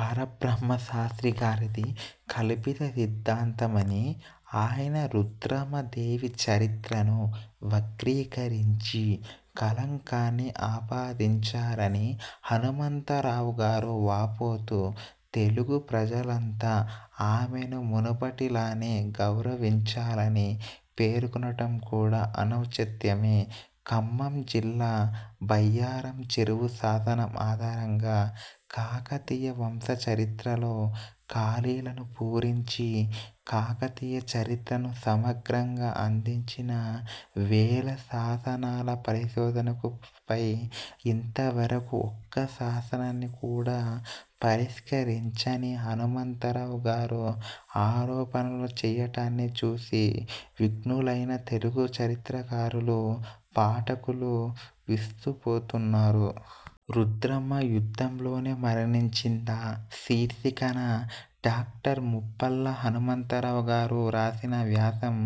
పరబ్రహ్మ శాస్త్రి గారిది కల్పిత సిద్ధాంతమనీ, ఆయన రుద్రమదేవి చరిత్రను వక్రీకరించి, కళంకాన్ని ఆపాదించారని హనుమంతరావు గారు వాపోతూ, తెలుగు ప్రజలంతా ఆమెను మునుపటిలానే గౌరవించాలని పేర్కొనటం కూడా అనౌచిత్యమే. ఖమ్మం జిల్లా బయ్యారం చెరువు శాసనం ఆధారంగా, కాకతీయ వంశ చరిత్రలో ఖాళీలను పూరించి, కాకతీయ చరిత్రను సమగ్రంగా అందించిన వేల శాసనాల పరిశోధకునిపై, ఇంతవరకూ ఒక్క శాసనాన్ని కూడా పరిష్కరించని హనుమంతరావు గారు ఆరోపణలు చేయటాన్ని చూసి విజ్ఞులైన తెలుగు చరిత్రకారులు, పాఠకులు విస్తుపోతున్నారు. 'రుద్రమ యుద్ధంలోనే మరణించిందా? ' శీర్షికన డాక్టర్ ముప్పాళ్ల హనుమంతరావు గారు రాసిన వ్యాసం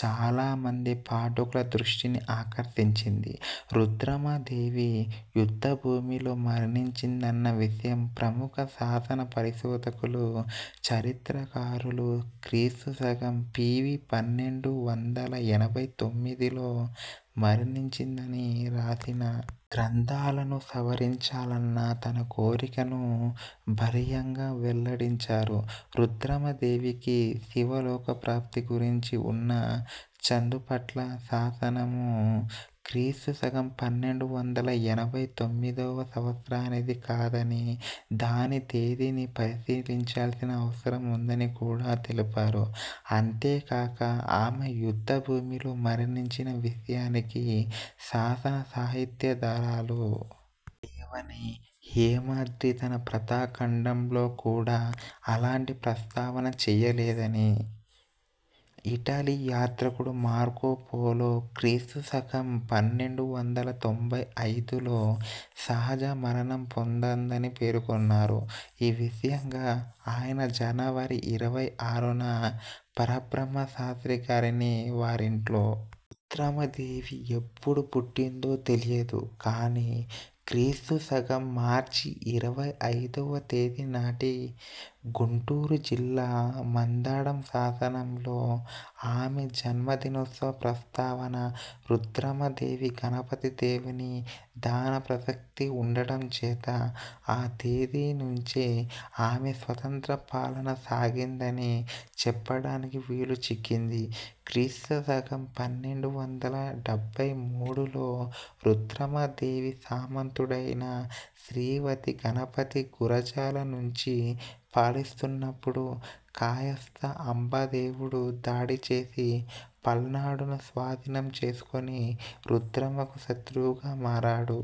చాలామంది పాఠల దృష్టిని ఆకార్తిచింది. రుద్రమదేవి, యుద్ధభూమిలో మరణించిందన్న విషయం ప్రముఖ శాసన పరిశోధకులు, చరిత్రకారులు క్రీస్తు శకం పి. వి. పన్నెండు వందల ఎనభై తొమ్మిదిలో మరణించిందని రాసిన గ్రంథాలను సవరించాలన్న తన కోరికను బలీయంగా వెల్లడించారు రుద్రమదేవికి శివలోకప్రాప్తి గురించి ఉన్న చందుపట్ల శాసనము క్రీస్తు శకం పన్నెండు వందల ఎనభై తొమ్మిదివ సంవత్సరానిది కాదనీ, దాని తేదీని పరిశీలించాల్సిన అవసరముందని కూడా తెలిపారు అంతేకాక ఆమె యుద్ధభూమిలో మరణించిన విషయానికి శాసన, సాహిత్యాధారాలు లేవనీ, హేమాద్రి తన వ్రత ఖండంలో కూడా అలాంటి ప్రస్తావన చేయలేదనీ, ఇటలీ యాత్రికుడు మార్కో పోలో క్రీస్తు శకం పన్నెండు వందల తొంభై ఐదులో సహజ మరణం పొందాదని పేర్కొన్నారు ఈ విషయంగా ఆయన, జనవరి ఇరవై ఆరున పరబ్రహ్మ శాస్ర్తి గారిని వారింట్లో రుద్రమదేవి ఎప్పుడు పుట్టిందో తెలియదు గానీ, క్రీస్తు శకం మార్చి ఇరవై ఐదువ తేదీనాటి గుంటూరు జిల్లా మందడం శాసనంలో, ఆమె జన్మదినోత్సవ ప్రస్తావన, రుద్రమదేవి, గణపతిదేవుని దానప్రసక్తి ఉండటం చేత, ఆ తేదీ నుంచే ఆమె స్వతంత్ర పాలన సాగిందని చెప్పటానికి వీలుచిక్కింది. క్రీస్తు శకం పన్నెండు వందల డెబ్బై మూడులో రుద్రమదేవి సామంతుడైన శ్రీపతి గణపతి గురజాల నుంచి పాలిస్తున్నపుడు, కాయస్త అంబదేవుడు దాడిచేసి పల్నాడును స్వాధీనం చేసుకొని రుద్రమకు శత్రువుగా మారాడు.